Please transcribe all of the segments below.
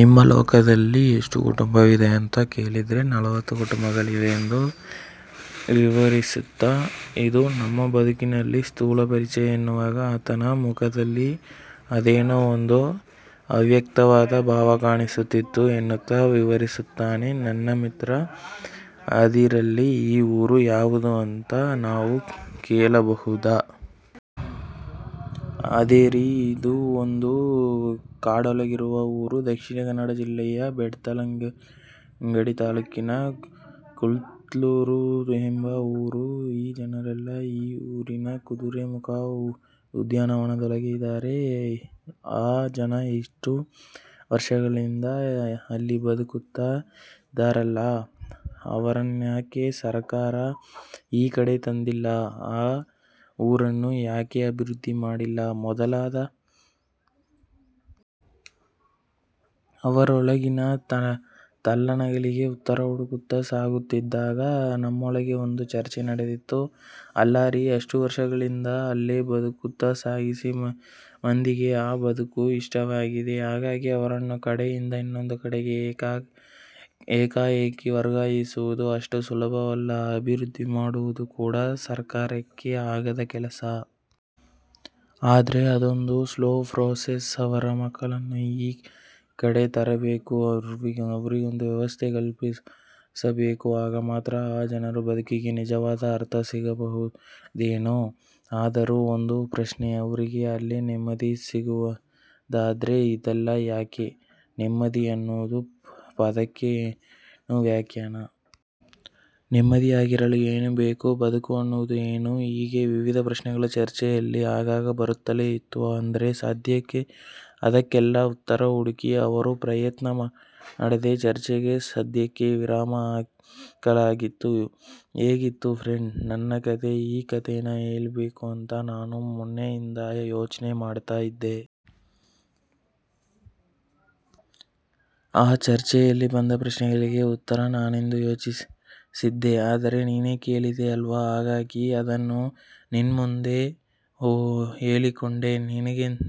ನಿಮ್ಮ ಲೋಕದಲ್ಲಿ ಎಷ್ಟು ಕುಟುಂಬವಿದೆ ಅಂತ ಕೇಳಿದ್ರೆ, ನಲವತ್ತು ಕುಟುಂಬಗಳಿವೆ ಎಂದು ವಿವರಿಸ್ತಾ ಇದು ನಮ್ ಬದುಕಿನ ಸ್ಥೂಲ ಪರಿಚಯ ಎನ್ನುವಾಗ ಆತನ ಮುಖದಲ್ಲಿ ಅದೇನೋ ಒಂದು ಅವ್ಯಕ್ತವಾದ ಭಾವ ಕಾಣಿಸುತ್ತಿತ್ತು, ಎನ್ನುತ್ತಾ ವಿವರಿಸುತ್ತಾನೆ ನನ್ ಮಿತ್ರ. ಅದಿರಲಿ ಈ ಊರು ಯಾವುದು ಅಂತ ನಾವು ಕೇಳ್ಬಹುದಾ? ಅದೇರೀ ಇದೂ ಒಂದು ಕಾಡೋಳಗಿರುವ ಊರು. ದಕ್ಷಿಣ ಕನ್ನಡ ಜಿಲ್ಲೆಯ ಬೆಳ್ತಂಗಡಿ ತಾಲೂಕಿನ ಕುತ್ಲೂರು ಎಂಬ ಊರು. ಈ ಜನರೆಲ್ಲಾ ಈ ಊರಿನ ಕುದುರೆಮುಖ ಉದ್ಯಾನವನದೊಳಗೆ ಇದಾರೆ. ಆ ಜನ ಇಷ್ಟೂ ವರ್ಷಗಳಿಂದ ಅಲ್ಲಿ ಬದುಕುತ್ತಾ ಇದಾರಲ್ಲ ಅವರನ್ಯಾಕೆ ಸರಕಾರ ಈ ಕಡೆ ತಂದಿಲ್ಲ, ಆ ಊರನ್ನು ಯಾಕೆ ಅಭಿವೃದ್ದಿ ಮಾಡಿಲ್ಲ ಹೀಗೆ ಮೊದಲಾದ.. ಅವರೊಳಗಿನ ತಲ್ಲಣಗಳಿಗೆ ಉತ್ತರ ಹುಡುಕುತ್ತಾ ಸಾಗುತ್ತಿದ್ದಾಗ, ನಮ್ಮೊಳಗೆ ಒಂದು ಚರ್ಚೆ ನಡೆದಿತ್ತು. ಅಲ್ಲಾರೀ ಅಷ್ಟೂ ವರ್ಷಗಳಿಂದ ಅಲ್ಲೇ ಬದುಕು ಸಾಗಿಸುವ ಮಂದಿಗೆ ಆ ಬದುಕು ಇಷ್ಟವಾಗಿದೆ. ಹಾಗಾಗಿ ಅವರನ್ನು ಒಂದು ಕಡೆಯಿಂದ ಇನ್ನೊಂದು ಕಡೆಗೆ ಏಕಾಏಕಿ ವರ್ಗಾಯಿಸುವುದು ಅಷ್ಟು ಸುಲಭವಲ್ಲ. ಅಭಿವೃದ್ದಿ ಮಾಡುವುದೂ ಕೂಡಾ ಸರಕಾರಕ್ಕೆ ಆಗದ ಕೆಲಸ. ಆದ್ರೆ ಅದೊಂದು ಸ್ಲೋ ಪ್ರೋಸೆಸ್. ಅವರ ಮಕ್ಕಳನ್ನು ಈ ಕಡೆ ತರಬೇಕು. ಅವ್ರಿಗೊಂದು ವ್ಯವಸ್ಥೆ ಕಲ್ಪಿಸಬೇಕು ಆಗ ಮಾತ್ರಾ ಆ ಜನರ ಬದುಕಿಗೆ ನಿಜವಾದ ಅರ್ಥ ಸಿಗಬಹುದೇನೋ? ಆದರೂ ಒಂದು ಪ್ರಶ್ನೆ ಅವ್ರಿಗೆ ಅಲ್ಲೇ ನೆಮ್ಮದಿ ಸಿಗುವದಾದ್ರೆ ಇದೆಲ್ಲಾ ಯಾಕೆ.? ನೆಮ್ಮದಿ ಅನ್ನೋ ಪದಕ್ಕೆ ಏನು ವ್ಯಾಖ್ಯಾನ.?. ನೆಮ್ಮದಿಯಾಗಿರಲು ಏನು ಬೇಕು? ಬದುಕು ಅನ್ನುವುದು ಏನು..? ಹೀಗೇ ವಿವಿದ ಪ್ರಶ್ನೆಗಳು ಚರ್ಚೆಯಲ್ಲಿ ಆಗಾಗ ಬರುತ್ತಲೇ ಇತ್ತು. ಆದ್ರೆ ಸದ್ಯಕ್ಕೆ ಅದಕ್ಕೆಲ್ಲಾ ಉತ್ತರ ಹುಡುಕಿ ತರುವ ಪ್ರಯತ್ನ ಮಾಡದೆ ಚರ್ಚೆಗೆ ಸದ್ಯಕ್ಕೆ ವಿರಾಮ ಹಾಕಲಾಗಿತ್ತು. ಹೇಗಿತ್ತು ಫ್ರಂಡ್ ನನ್ನ ಕತೆ.ಈ ಕತೆನಾ ಹೇಳ್ಬೇಕು ಅಂತಾ ನಾನು ಮೊನ್ನೆಯಿಂದ ಯೋಚ್ನೆ ಮಾಡ್ತಾ ಇದ್ದೆ. ಆ ಚರ್ಚೆಯಲ್ಲಿ ಬಂದ ಪ್ರಶ್ನೆಗಳಿಗೆ ಉತ್ತರ ನಾನಿಂದು ಯೋಚಿಸ್ತಿದ್ದೆ, ಆದರೆ ನೀನೇ ಕೇಳಿದೆ ಅಲ್ವಾ, ಹಾಗಾಗಿ ಅದನ್ನು ನಿನ್ ಮುಂದೆ ಹೇಳಿಕೊಂಡೆ.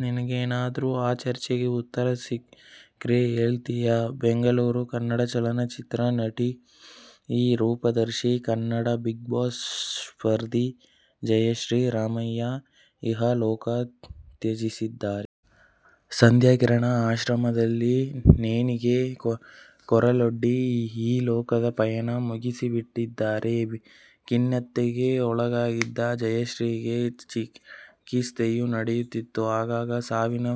ನಿನ್ಗೇನಾದ್ರೂ ಆ ಚರ್ಚೆಗೆ ಉತ್ತರ ಸಿಕ್ರೆ ಹೇಳ್ತಿಯಾ? ಬೆಂಗಳೂರು: ಕನ್ನಡ ಚಲನಚಿತ್ರ ನಟಿ, ರೂಪದರ್ಶಿ, ಕನ್ನಡ ಬಿಗ್ ಬಾಸ್ ಸ್ಪರ್ಧಿ ಜಯಶ್ರೀ ರಾಮಯ್ಯ ಇಹ ಲೋಕ ತ್ಯಜಿಸಿದ್ದಾರೆ. ಸಂಧ್ಯಾ ಕಿರಣ ಆಶ್ರಮದಲ್ಲಿ ನೇಣಿಗೆ ಕೊರಳೊಡ್ಡಿ ಈ ಲೋಕದ ಪಯಣ ಮುಗಿಸಿಬಿಟ್ಟಿದ್ದಾರೆ. ಖಿನ್ನತೆಗೆ ಒಳಗಾಗಿದ್ದ ಜಯಶ್ರೀಗೆ ಚಿಕಿತ್ಸೆಯೂ ನಡೆಯುತ್ತಿತ್ತು. ಆಗಾಗ ಸಾವಿನ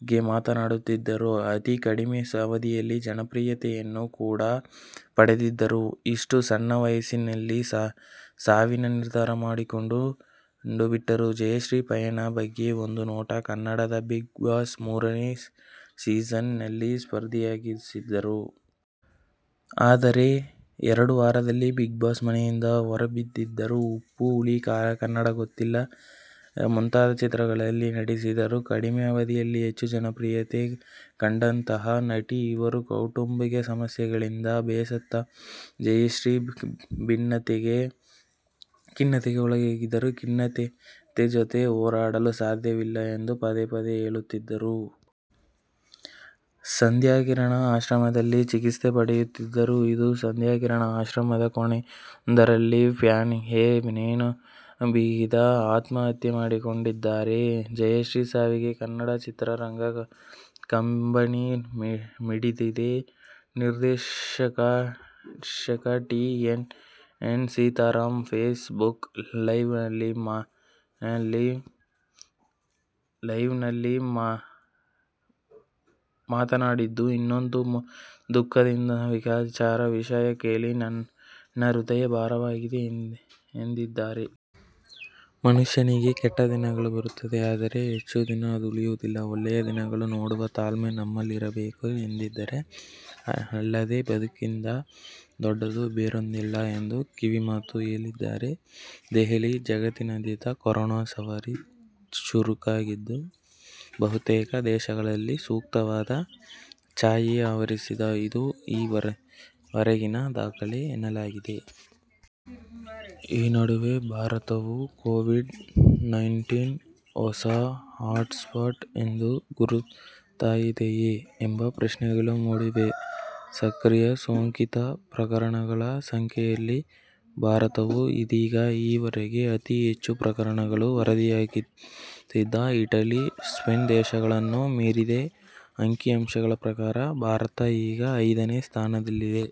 ಬಗ್ಗೆ ಮಾತನಾಡುತ್ತಿದ್ದರು. ಅತಿ ಕಡಿಮೆ ಅವಧಿಯಲ್ಲಿ ಜನಪ್ರಿಯತೆಯನ್ನು ಕೂಡಾ ಪಡೆದಿದ್ದರು. ಇಷ್ಟು ಸಣ್ಣ ವಯಸ್ಸಿನಲ್ಲಿ ಸಾವಿನ ನಿರ್ಧಾರ ಮಾಡಿಕೊಂಡು ಬಿಟ್ಟರು. ಜಯಶ್ರೀ ಪಯಣದ ಬಗ್ಗೆ ಒಂದು ನೋಟ ಕನ್ನಡದ ಬಿಗ್ ಬಾಸ್ ಮೂರನೇ ಸೀಸನ್ ನಲ್ಲಿ ಸ್ಪರ್ಧಿಯಾಗಿದ್ದರು. ಆದರೆ ಎರಡೇ ವಾರದಲ್ಲಿ ಬಿಗ್ ಬಾಸ್ ಮನೆಯಿಂದ ಹೊರಬಿದ್ದಿದ್ದರು. ಉಪ್ಪು ಹುಳಿ ಖಾರ, ಕನ್ನಡ ಗೊತ್ತಿಲ್ಲ ಮುಂತಾದ ಚಿತ್ರಗಳಲ್ಲಿ ನಟಿಸಿದ್ದರು.. ಕಡಿಮೆ ಅವಧೀಯಲ್ಲಿ ಹೆಚ್ಚು ಜನಪ್ರಿಯತೆ ಕಂಡಂಥಹ ನಟಿ ಇವರು ಕೌಟುಂಬಿಕ ಸಮಸ್ಯೆಗಳಿಂದ ಬೇಸತ್ತ ಜಯಶ್ರೀ ಖಿನ್ನತೆಗೆ ಒಳಗಾಗಿದ್ದರು. ಖಿನ್ನತೆ ಜೊತೆ ಹೋರಾಡಲು ಸಾಧ್ಯವಿಲ್ಲ ಎಂದು ಪದೇ ಪದೇ ಹೇಳುತ್ತಿದ್ದರು. ಸಂಧ್ಯಾ ಕಿರಣ ಆಶ್ರಮದಲ್ಲಿ ಚಿಕಿತ್ಸೆ ಪಡೆಯುತ್ತಿದ್ದರು. ಇಂದು ಸಂಧ್ಯಾ ಕಿರಣ ಆಶ್ರಮದ ಕೋಣೆಯೊಂದರಲ್ಲಿ ಫ್ಯಾನಿಗೆ ನೇಣು ಬಿಗಿದು ಆತ್ಮಹತ್ಯೆ ಮಾಡಿಕೊಂಡಿದ್ದಾರೆ. ಜಯಶ್ರೀ ಸಾವಿಗೆ ಕನ್ನಡ ಚಿತ್ರರಂಗ ಕಂಬನಿ ಮಿಡಿದಿದೆ. ನಿರ್ದೇಶಕ T N Seetharam Facebook ಲೈವಲ್ಲಿ ಮಾತನಾಡಿದ್ದು, ಇದೊಂದು ದುಃಖದ ವಿಚಾರ. ವಿಷಯ ಕೇಳಿ ನನ್ನ ಹೃದಯ ಭಾರವಾಗಿದೆ ಎಂದಿದ್ದಾರೆ. ಮನುಷ್ಯನಿಗೆ ಕೆಟ್ಟ ದಿನಗಳು ಬರುತ್ತವೆ ಆದರೆ ಹೆಚ್ಚು ದಿನ ಅದು ಉಳಿಯುವುದಿಲ್ಲ. ಒಳ್ಳೆಯ ದಿನಗಳನ್ನು ನೋಡುವ ತಾಳ್ಮೆ ನಮ್ಮಲ್ಲಿರಬೇಕು ಎಂದಿದ್ದಾರೆ. ಅಲ್ಲದೆ ಬದುಕಿಗಿಂತ ದೊಡ್ಡದು ಬೇರೊಂದಿಲ್ಲ ಎಂದು ಕಿವಿಮಾತು ಹೇಳಿದ್ದಾರೆ. ದೆಹಲಿ: ಜಗತ್ತಿನಾದ್ಯಂತ ಕೊರೋನಾ ಸವಾರಿ ಚುರುಕಾಗಿದ್ದು ಬಹುತೇಕ ದೇಶಗಳಲ್ಲಿ ಸೂತಕದ ಛಾಯೆ ಆವರಿಸಿದೆ. ಇದು ಈ ವರೆಗಿನ ದಾಖಲೆ ಎನ್ನಲಾಗಿದೆ. ಈ ನಡುವೆ ಭಾರತವು ಕೋವಿಡ್ -ನೈನ್ ಟೀನ್ ಹೊಸ ಹಾಟ್ ಸ್ಪಾಟ್ ಎಂದು ಗುರುತಾಗಿದೆಯೇ? ಎಂಬ ಪ್ರಶ್ನೆಗಳೂ ಮೂಡಿವೆ. ಸಕ್ರಿಯ ಸೋಂಕಿತ ಪ್ರಕರಣಗಳ ಸಂಖ್ಯೆಯಲ್ಲಿ ಭಾರತವು ಇದೀಗ ಈ ವರೆಗೆ ಅತೀ ಹೆಚ್ಚು ಪ್ರಕರಣಗಳು ವರದಿಯಾಗುತ್ತಿದ್ದ ಇಟಲಿ, ಸ್ಪೇನ್ ದೇಶಗಳನ್ನೂ ಮೀರಿದೆ. ಅಂಕಿ ಅಂಶಗಳ ಪ್ರಕಾರ ಭಾರತ ಈಗ ಐದನೇ ಸ್ಥಾನದಲ್ಲಿದೆ.